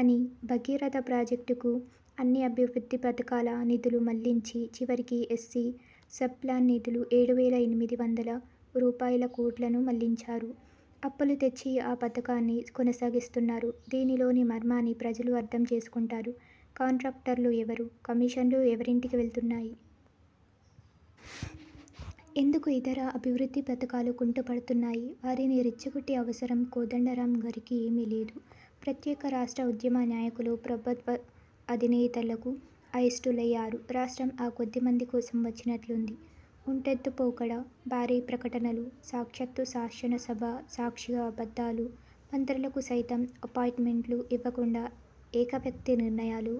అని 'భగీరథ' ప్రాజెక్టుకు అన్ని అభివృద్ధి పథకాల నిధులు మళ్ళించి, చివరికి ఎస్సీ సబ్ ప్లాన్ నిధులు ఏడు వేల ఎనిమిది వందల రూపాయలుకోట్లను మళ్లించారు. అప్పులు తెచ్చి ఆ పథకాన్ని కొనసాగిస్తున్నారు. దీనిలోని మర్మాన్ని ప్రజలు అర్థం చేసుకుంటున్నారు. కాంట్రాక్టర్లు ఎవరు? కమీషన్లు ఎవరింటికి వెళ్తున్నాయి. ఎందుకు ఇతర అభివృద్ధి పథకాలు కుంటుపడుతున్నాయి. వారిని రెచ్చగొట్టే అవసరం కోదండరామ్ గారికి ఏమీలేదు. ప్రత్యేక రాష్ట్ర ఉద్యమ నాయకులు ప్రభుత్వా అధినేతలకు అయిష్టులయ్యారు. రాష్ట్రం 'ఆ కొద్దిమంది' కోసం వచ్చినట్లుంది. ఒంటెద్దుపోకడ, భారీ ప్రకటనలు, సాక్షాత్తు శాసనసభ సాక్షిగా అబద్ధాలు, మంత్రులకు సైతం అపాయింట్మెంట్లు ఇవ్వకుండా ఏక వ్యక్తి నిర్ణయాలు,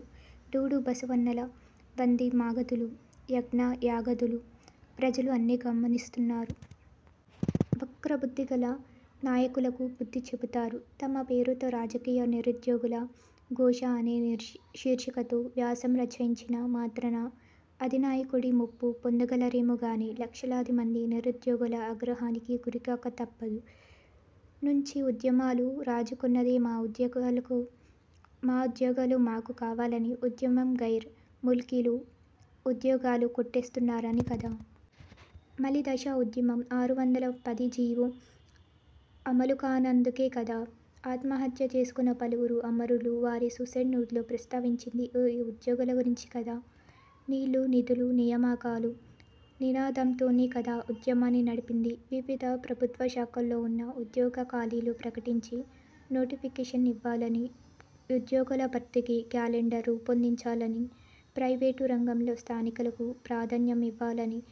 డూడూ బసవన్నల వంది మాగదులు, యజ్ఞ యాగాదులు ప్రజలు అన్నీ గమనిస్తున్నారు. వక్రబుద్ధి గల నాయకులకు బుద్ధి చెబుతారు. తమ పేరుతో రాజకీయ నిరుద్యోగుల ఘోష అనే ని శీర్షికతో వ్యాసం రచించిన మాత్రాన అధినాయకుడి మెప్పు పొందగలరేమో గానీ లక్షలాది మంది నిరుద్యోగుల ఆగ్రహానికి గురికాక తప్పదు. నుంచి ఉద్యమాలు రాజుకొన్నదే 'మా ఉద్యోగాలు మాకు కావాలని ఉద్యమం గైర్ ముల్కీలు ఉద్యోగాలు కొట్టేస్తున్నారని కదా! మలిదశ ఉద్యమం ఆరు వందల పది జీవో అమలుకానందుకే కదా! ఆత్మహత్య చేసుకున్న పలువురు అమరులు వారి సూసైడ్ నోట్లో ప్రస్తావించింది ఈ ఉద్యోగాల గురించే కదా! 'నీళ్ళు, నిధులు, నియామకాలు' నినాదంతోనే కదా ఉద్యమాన్ని నడిపింది. 'వివిధ ప్రభుత్వ శాఖల్లో ఉన్న ఉద్యోగ ఖాళీలు ప్రకటించి, నోటిఫికేషన్ ఇవ్వాలనీ, ఉద్యోగాల భర్తీకి క్యాలెండర్ రూపొందించాలనీ, ప్రయివేటు రంగంలో స్థానికులకు ప్రాధాన్యమివ్వాలనీ,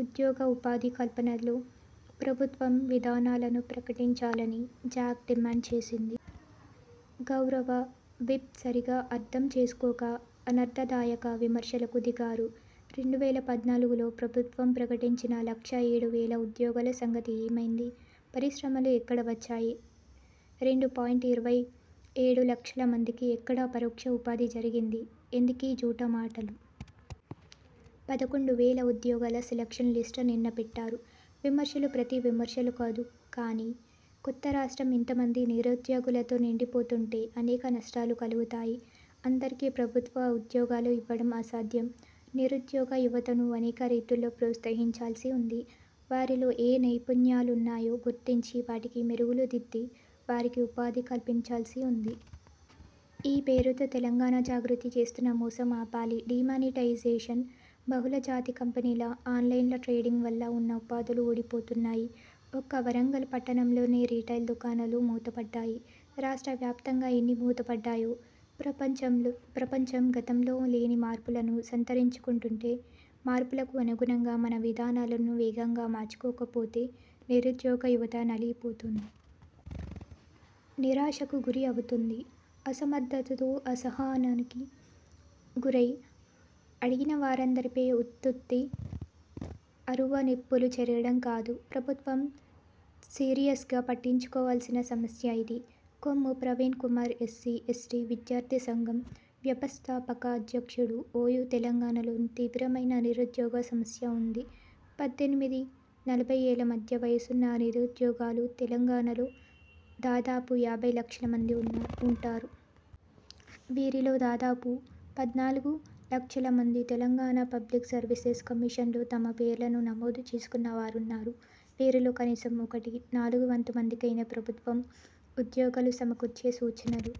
ఉద్యోగ ఉపాధి కల్పనలో ప్రభుత్వం విధానాలను ప్రకటించాలనీ' జాక్ డిమాండ్ చేసింది. గౌరవ విప్ సరిగా అర్థం చేసుకోక అనర్థదాయక విమర్శలకు దిగారు. రెండు వేల పద్నాలుగులో ప్రభుత్వం ప్రకటించిన లక్ష ఏడు వేల ఉద్యోగాల సంగతి ఏమైంది? పరిశ్రమలు ఎక్కడ వచ్చాయి. రెండు పాయింట్ ఇరవై ఏడు లక్షల మందికి ఎక్కడ పరోక్ష ఉపాధి జరిగింది? ఎందుకీ జూఠామాటలు. పదకొండు వేల ఉద్యోగాల సెలక్షన్ లిస్ట్ నిన్న పెట్టారు. విమర్శలు ప్రతి విమర్శలు కాదు కానీ, కొత్త రాష్ట్రం ఇంతమంది నిరుద్యోగులతో నిండిపోతుంటే అనేక నష్టాలు కలుగుతాయి. అందరికీ ప్రభుత్వ ఉద్యోగాలు ఇవ్వడం అసాధ్యం. నిరుద్యోగ యువతను అనేక రీతుల్లో ప్రోత్సహించాల్సి ఉంది. వారిలో ఏ నైపుణ్యాలున్నాయో గుర్తించి వాటికి మెరుగులు దిద్ది వారికి ఉపాధి కల్పించాల్సి ఉంది. ఈ పేరుతో తెలంగాణ జాగృతి చేస్తున్న మోసం ఆపాలి. డీమానిటైజేషన్, బహుళజాతి కంపెనీల ఆన్లైన్ల ట్రేడింగ్ వల్ల ఉన్న ఉపాధులు ఊడిపోతున్నాయి. ఒక్క వరంగల్ పట్టణంలో రిటైల్ దుకాణాలు మూతపడ్డాయి. రాష్ట్రవ్యాప్తంగా ఎన్ని మూతపడ్డాయో. ప్రపంచంలో ప్రపంచం గతంలో లేని మార్పులను సంతరించుకుంటుంటే మార్పులకు అనుగుణంగా మన విధానాలను వేగంగా మార్చుకోకపోతే నిరుద్యోగ యువత నలిగిపోతుంది. నిరాశకు గురి అవుతుంది. అసమర్థతతో అసహనానికి గురై అడిగిన వారందరిపై ఉత్తుత్తి అరువు నిప్పులు చెరగడం కాదు, ప్రభుత్వం సీరియస్గా పట్టించుకోవలసిన సమస్య ఇది. కొమ్ము ప్రవీణ్ కుమార్ఎస్సీ, ఎస్టీ విద్యార్థి సంఘం వ్యవస్థాపక అధ్యక్షుడు, ఓయూ తెలంగాణలో తీవ్రమైన నిరుద్యోగ సమస్య ఉంది. పద్దెనిమిది నలభై ఏళ్ళ మధ్య వయసున్న నిరుద్యోగాలు తెలంగాణలో దాదాపు యాభై లక్షల మంది ఉన్నారు ఉంటారు. వీరిలో దాదాపు పద్నాలుగులక్షల మంది తెలంగాణ పబ్లిక్ సర్వీసెస్ కమిషన్లో తమ పేర్లను నమోదు చేసుకున్న వారున్నారు. వీరిలో కనీసం ఒకటి నాలుగు వంతు మందికైనా ప్రభుత్వం ఉద్యోగాలు సమకూర్చే సూచనలు